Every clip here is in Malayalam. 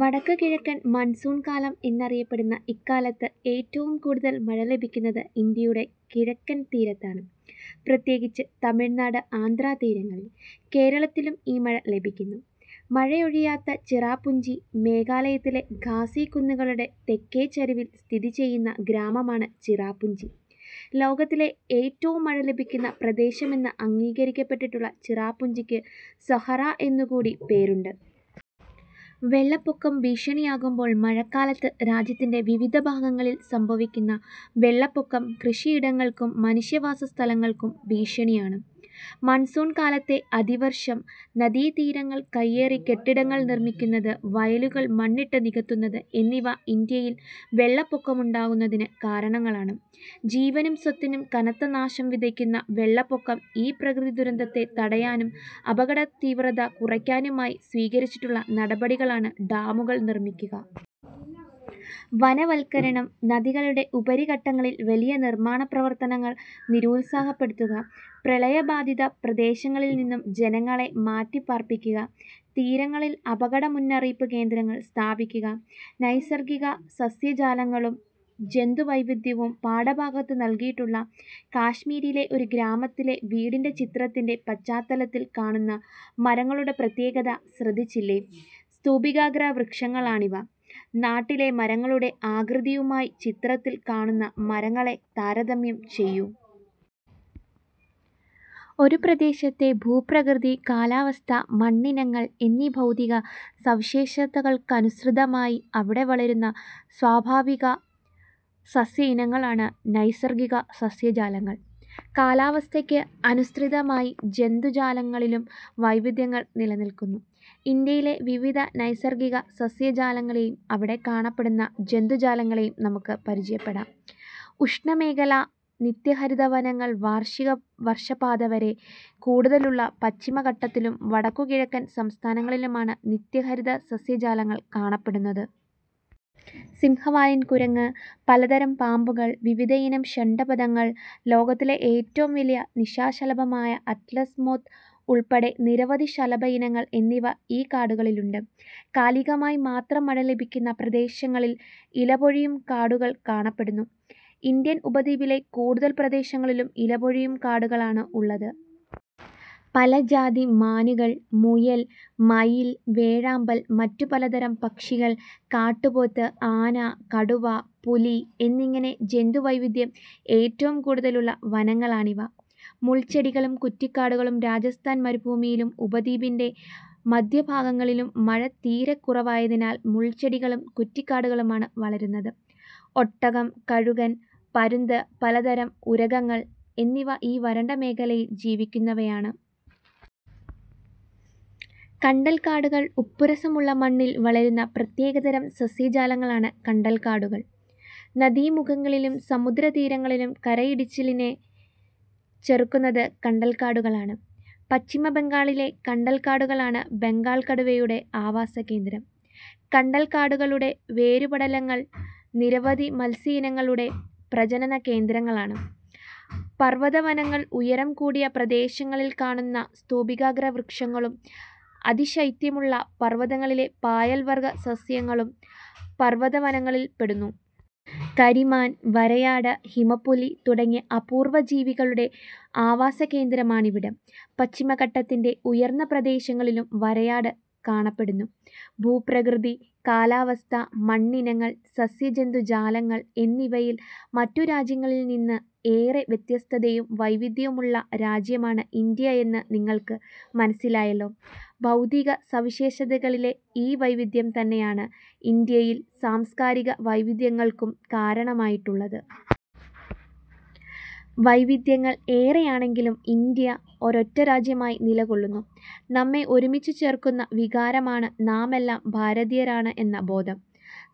വടക്കുകിഴക്കൻ മൺസൂൺ കാലം എന്നറിയപ്പെടുന്ന ഇക്കാലത്ത് ഏറ്റവും കൂടുതൽ മഴ ലഭിക്കുന്നത് ഇന്ത്യയുടെ കിഴക്കൻ തീരത്താണ്, പ്രത്യേകിച്ച് തമിഴ്നാട്, ആന്ധ്രാതീരങ്ങളിൽ. കേരളത്തിലും ഈ മഴ ലഭിക്കുന്നു. മഴയൊഴിയാത്ത ചിറാപുഞ്ചി മേഘാലയത്തിലെ ഖാസി കുന്നുകളുടെ തെക്കേചരിവിൽ സ്ഥിതി ചെയ്യുന്ന ഗ്രാമമാണ് ചിറാപുഞ്ചി. ലോകത്തിലെ ഏറ്റവും മഴ ലഭിക്കുന്ന പ്രദേശം എന്ന് അംഗീകരിക്കപ്പെട്ടിട്ടുള്ള ചിറാപുഞ്ചിക്ക് സൊഹ്റ എന്നുകൂടി പേരുണ്ട്. വെള്ളപ്പൊക്കം ഭീഷണിയാകുമ്പോൾ... മഴക്കാലത്ത് രാജ്യത്തിന്റെ വിവിധഭാഗങ്ങളിൽ സംഭവിക്കുന്ന വെള്ളപ്പൊക്കം കൃഷിയിടങ്ങൾക്കും മനുഷ്യവാസസ്ഥലങ്ങൾക്കും ഭീഷണിയാണ്. മൺസൂൺ കാലത്തെ അതിവർഷം, നദീതീരങ്ങൾ കയ്യേറി കെട്ടിടങ്ങൾ നിർമിക്കുന്നത്, വയലുകൾ മണ്ണിട്ടു നികത്തുന്നത് എന്നിവ ഇന്ത്യയിൽ വെള്ളപ്പൊക്കം ഉണ്ടാകുന്നതിനു കാരണങ്ങളാണ്. ജീവനും സ്വത്തിനും കനത്ത നാശം വിതയ്ക്കുന്ന വെള്ളപ്പൊക്കം ഈ പ്രകൃതി ദുരന്തത്തെ തടയാനും അപകടതീവ്രത കുറയ്ക്കാനുമായി സ്വീകരിച്ചിട്ടുള്ള നടപടികളാണ്, ഡാമുകൾ നിർമ്മിക്കുക. വനവൽക്കരണം. നദികളുടെ ഉപരിഘട്ടങ്ങളിൽ വലിയ നിർമാണ പ്രവർത്തനങ്ങൾ നിരുത്സാഹപ്പെടുത്തുക. പ്രളയബാധിത പ്രദേശങ്ങളിൽനിന്നും ജനങ്ങളെ മാറ്റിപ്പാർപ്പിക്കുക. തീരങ്ങളിൽ അപകട മുന്നറിയിപ്പ് കേന്ദ്രങ്ങൾ സ്ഥാപിക്കുക. നൈസർഗിക സസ്യജാലങ്ങളും ജന്തുവൈവിധ്യവും പാഠഭാഗത്ത് നൽകിയിട്ടുള്ള കാശ്മീരിലെ ഒരു ഗ്രാമത്തിലെ വീടിന്റെ ചിത്രത്തിന്റെ പശ്ചാത്തലത്തിൽ കാണുന്ന മരങ്ങളുടെ പ്രത്യേകത ശ്രദ്ധിച്ചില്ലേ? സ്തൂപികാഗ്രവൃക്ഷങ്ങളാണിവ. നാട്ടിലെ മരങ്ങളുടെ ആകൃതിയുമായി ചിത്രത്തിൽ കാണുന്ന മരങ്ങളെ താരതമ്യം ചെയ്യൂ. ഒരു പ്രദേശത്തെ ഭൂപ്രകൃതി, കാലാവസ്ഥ, മണ്ണിനങ്ങൾ എന്നീ ഭൗതിക സവിശേഷതകൾക്കനുസൃതമായി അവിടെ വളരുന്ന സ്വാഭാവിക സസ്യഇനങ്ങളാണ് നൈസർഗിക സസ്യജാലങ്ങൾ. കാലാവസ്ഥയ്ക്ക് അനുസൃതമായി ജന്തുജാലങ്ങളിലും വൈവിധ്യങ്ങൾ നിലനിൽക്കുന്നു. ഇന്ത്യയിലെ വിവിധ നൈസർഗിക സസ്യജാലങ്ങളെയും അവിടെ കാണപ്പെടുന്ന ജന്തു ജാലങ്ങളെയും നമുക്ക് പരിചയപ്പെടാം. ഉഷ്ണമേഖലാ നിത്യഹരിതവനങ്ങൾ വാർഷിക വർഷപാതം വളരെ കൂടുതലുള്ള പശ്ചിമഘട്ടത്തിലും വടക്കുകിഴക്കൻ സംസ്ഥാനങ്ങളിലുമാണ് നിത്യഹരിതസസ്യജാലങ്ങൾ കാണപ്പെടുന്നത്. സിംഹവാലൻ കുരങ്ങ്, പലതരം പാമ്പുകൾ, വിവിധയിനം ഷഡ്പദങ്ങൾ, ലോകത്തിലെ ഏറ്റവും വലിയ നിശാശലഭമായ അറ്റ്ലസ് മോത്ത് ഉൾപ്പെടെ നിരവധി ശലഭ ഇനങ്ങൾ എന്നിവ ഈ കാടുകളിലുണ്ട്. കാലികമായി മാത്രം മഴ ലഭിക്കുന്ന പ്രദേശങ്ങളിൽ ഇല പൊഴിയും കാടുകൾ കാണപ്പെടുന്നു. ഇന്ത്യൻ ഉപദ്വീപിലെ കൂടുതൽ പ്രദേശങ്ങളിലും ഇലപൊഴിയും കാടുകളാണ് ഉള്ളത്. പല ജാതി മാനുകൾ, മുയൽ, മയിൽ, വേഴാമ്പൽ, മറ്റു പലതരം പക്ഷികൾ, കാട്ടുപോത്ത്, ആന, കടുവ, പുലി എന്നിങ്ങനെ ജന്തു വൈവിധ്യം ഏറ്റവും കൂടുതലുള്ള വനങ്ങളാണിവ. മുൾച്ചെടികളും കുറ്റിക്കാടുകളും രാജസ്ഥാൻ മരുഭൂമിയിലും ഉപദ്വീപിന്റെ മധ്യഭാഗങ്ങളിലും മഴ തീരെ കുറവായതിനാൽ മുൾച്ചെടികളും കുറ്റിക്കാടുകളുമാണ് വളരുന്നത്. ഒട്ടകം, കഴുകൻ, പരുന്ത്, പലതരം ഉരഗങ്ങൾ എന്നിവ ഈ വരണ്ട മേഖലയിൽ ജീവിക്കുന്നവയാണ്. കണ്ടൽക്കാടുകൾ ഉപ്പുരസമുള്ള മണ്ണിൽ വളരുന്ന പ്രത്യേകതരം സസ്യജാലങ്ങളാണ് കണ്ടൽക്കാടുകൾ. നദീമുഖങ്ങളിലും സമുദ്രതീരങ്ങളിലും കരയിടിച്ചിലിനെ ചെറുക്കുന്നത് കണ്ടൽക്കാടുകളാണ്. പശ്ചിമബംഗാളിലെ കണ്ടൽക്കാടുകളാണ് ബംഗാൾ കടുവയുടെ ആവാസകേന്ദ്രം. കണ്ടൽക്കാടുകളുടെ വേരുപടലങ്ങൾ നിരവധി മത്സ്യയിനങ്ങളുടെ പ്രജനനകേന്ദ്രങ്ങളാണ്. പർവതവനങ്ങൾ ഉയരം കൂടിയ പ്രദേശങ്ങളിൽ കാണുന്ന സ്തൂപികാഗ്രവ്യക്ഷങ്ങളും അതിശൈത്യമുള്ള പർവതങ്ങളിലെ പായൽ വർഗ്ഗ സസ്യങ്ങളും പർവതവനങ്ങളിൽപ്പെടുന്നു. കരിമാൻ, വരയാട്, ഹിമപ്പുലി തുടങ്ങിയ അപൂർവ ജീവികളുടെ ആവാസകേന്ദ്രമാണിവിടം പശ്ചിമഘട്ടത്തിന്റെ ഉയർന്ന പ്രദേശങ്ങളിലും വരയാട് കാണപ്പെടുന്നു. ഭൂപ്രകൃതി, കാലാവസ്ഥ, മണ്ണിനങ്ങൾ, സസ്യജന്തുജാലങ്ങൾ എന്നിവയിൽ മറ്റുരാജ്യങ്ങളിൽനിന്ന് ഏറെ വ്യത്യസ്തതയും വൈവിധ്യവുമുള്ള രാജ്യമാണ് ഇന്ത്യ എന്ന് നിങ്ങൾക്ക് മനസിലായല്ലോ. ഭൗതിക സവിശേഷതകളിലെ ഈ വൈവിധ്യം തന്നെയാണ് ഇന്ത്യയിൽ സാംസ്കാരിക വൈവിധ്യങ്ങൾക്കും കാരണമായിട്ടുള്ളത്. വൈവിധ്യങ്ങൾ ഏറെയാണങ്കിലും ഇന്ത്യ ഒരൊറ്റരാജ്യമായി നിലകൊള്ളുന്നു. നമ്മെ ഒരുമിച്ചുചേർക്കുന്ന വികാരമാണ് നാമെല്ലാം ഭാരതീയരാണ് എന്ന ബോധം.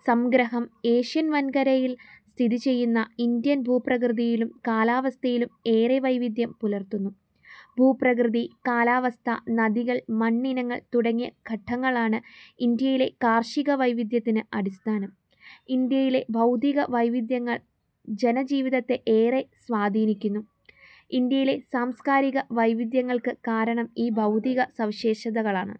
സംഗ്രഹം ഏഷ്യാവൻകരയിൽ സ്ഥിതിചെയ്യുന്ന ഇന്ത്യ ഭൂപ്രകൃതിയിലും കാലാവസ്ഥയിലും ഏറെ വൈവിധ്യം പുലർത്തുന്നു. ഭൂപ്രകൃതി, കാലാവസ്ഥ, നദികൾ, മണ്ണിനങ്ങൾ തുടങ്ങിയ ഘടകങ്ങളാണ് ഇന്ത്യയിലെ കാർഷിക വൈവിധ്യത്തിന് അടിസ്ഥാനം. ഇന്ത്യയിലെ ഭൗതിക വൈവിധ്യങ്ങൾ ജനജീവിതത്തെ ഏറെ സ്വാധീനിക്കുന്നു. ഇന്ത്യയിലെ സാംസ്കാരിക വൈവിധ്യങ്ങൾക്ക് കാരണം ഈ ഭൗതിക സവിശേഷതകളാണ്.